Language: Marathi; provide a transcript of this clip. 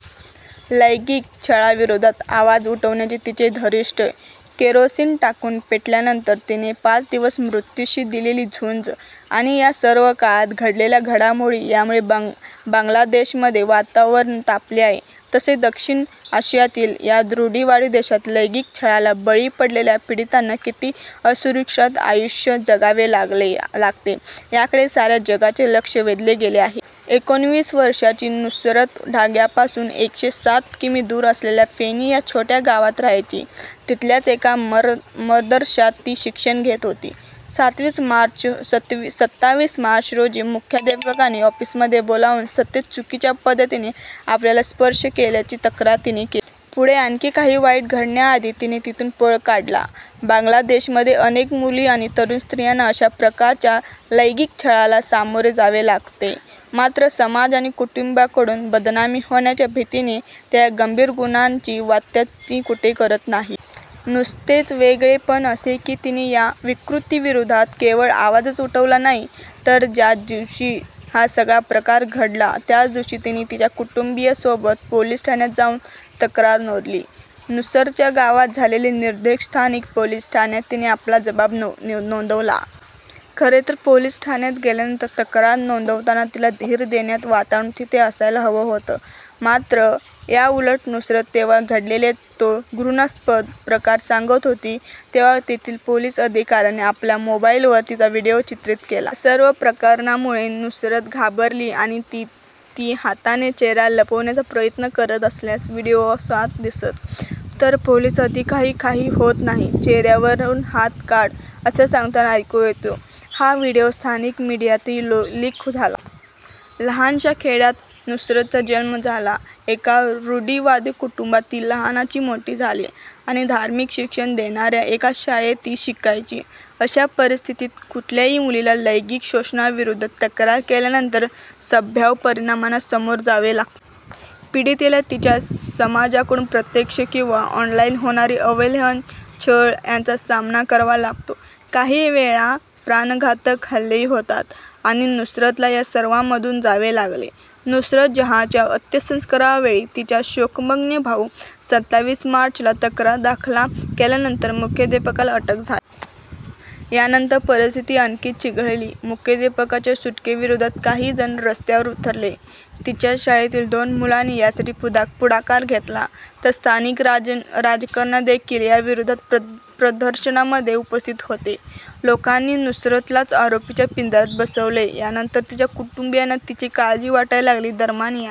लैंगिक छळाविरोधात आवाज उठवण्याचे तिचे धारिष्ट्य, केरोसीन टाकून पेटवल्यानंतर तिने पाच दिवस मृत्यूशी दिलेली झुंज आणि या सर्व काळात घडलेल्या घडामोडी, यामुळे बांगलादेशमध्ये वातावरण तापले आहे. तसेच दक्षिण आशियातील या रूढिवादी देशात लैंगिक छळाला बळी पडलेल्या पीडितांना किती असुरक्षित आयुष्य जगावे लागते, याकडे साऱ्या जगाचे लक्ष वेधले गेले आहे. एकोणविस वर्षांची नुसरत ढाक्यापासून एकशे साठ किमी दूर असलेल्या फेनी या छोट्या गावात राहायची. तिथल्याच एका मदरशात ती शिक्षण घेत होती. सताविस मार्च रोजी मुख्याध्यापकाने ऑफिसमध्ये बोलावून सतत चुकीच्या पद्धतीने आपल्याला स्पर्श केल्याची तक्रार तिने केली. पुढे आणखी काही वाईट घडण्याआधी तिने तिथून पळ काढला. बांगलादेशमध्ये अनेक मुली आणि तरुण स्त्रियांना अशा प्रकारच्या लैंगिक छळाला सामोरे जावे लागते. मात्र समाज आणि कुटुंबीयांकडून बदनामी होण्याच्या भीतीने त्या या गंभीर गुन्ह्याची वाच्यताही कुठे करत नाहीत. नुसरतचे वेगळेपण असे की तिने या विकृतीविरोधात केवळ आवाजच उठवला नाही तर ज्या दिवशी हा सगळा प्रकार घडला त्याच दिवशी तिने तिच्या कुटुंबीयांसोबत पोलीस ठाण्यात जाऊन तक्रार नोंदवली. नुसरतच्या गावात झालेली निदर्शने स्थानिक पोलीस ठाण्यात तिने आपला जबाब नोंदवला. खरेतर पोलीस ठाण्यात गेल्यानंतर तक्रार नोंदवताना तिला धीर देणारं वातावरण तिथे असायला हवं होतं. मात्र, याउलट नुसरत जेव्हा घडलेला तो घृणास्पद प्रकार सांगत होती तेव्हा तेथील पोलीस अधिकाऱ्याने आपल्या मोबाईलवर तिचा व्हिडिओ चित्रित केला. या सर्व प्रकारामुळे नुसरत घाबरली आहे आणि ती हाताने चेहरा लपवण्याचा प्रयत्न करत असल्याचं व्हिडिओत दिसतं. तर पोलीस अधिकारी काही होत नाही, चेहऱ्यावरून हात काढ, असं सांगताना ऐकू येतं. हा व्हिडिओ स्थानिक मीडियातही लीक झाला. लहानशा खेड्यात नुसरतचा जन्म झाला. एका रूढिवादी कुटुंबात ती लहानाची मोठी झाली आणि धार्मिक शिक्षण देणाऱ्या एका शाळेत ती शिकायची. अशा परिस्थितीतील कुठल्याही मुलीला लैंगिक शोषणाविरोधात तक्रार केल्यानंतर संभाव्य परिणामांना सामोरे जावेच लागते. पीडितेला तिच्या समाजाकडून प्रत्यक्ष किंवा ऑनलाईन होणारी अवहेलना, छळ याचा सामना करावा लागतो. काही वेळा प्राणघातक हल्लेही होतात आणि नुसरतला या सर्वांमधून जावे लागले. नुसरत जहाँच्या अंत्यसंस्कारावेळी तिचा शोकमग्न भाऊ सताविस मार्चला तक्रार दाखल केल्यानंतर मुख्याध्यापकाला अटक झाली. यानंतर परिस्थिती आणखी चिघळली. मुख्यध्यापकाच्या सुटकेविरोधात काही जण रस्त्यावर उतरले. तिच्याच शाळेतील दोन मुलांनी यासाठी पुढाकार घेतला. तर स्थानिक राजकारणीदेखील या विरोधात प्रदर्शनामध्ये उपस्थित होते. लोकांनी नुसरतलाच आरोपीच्या पिंजऱ्यात बसवले. यानंतर तिच्या कुटुंबीयांना तिची काळजी वाटायला लागली. दरम्यान, या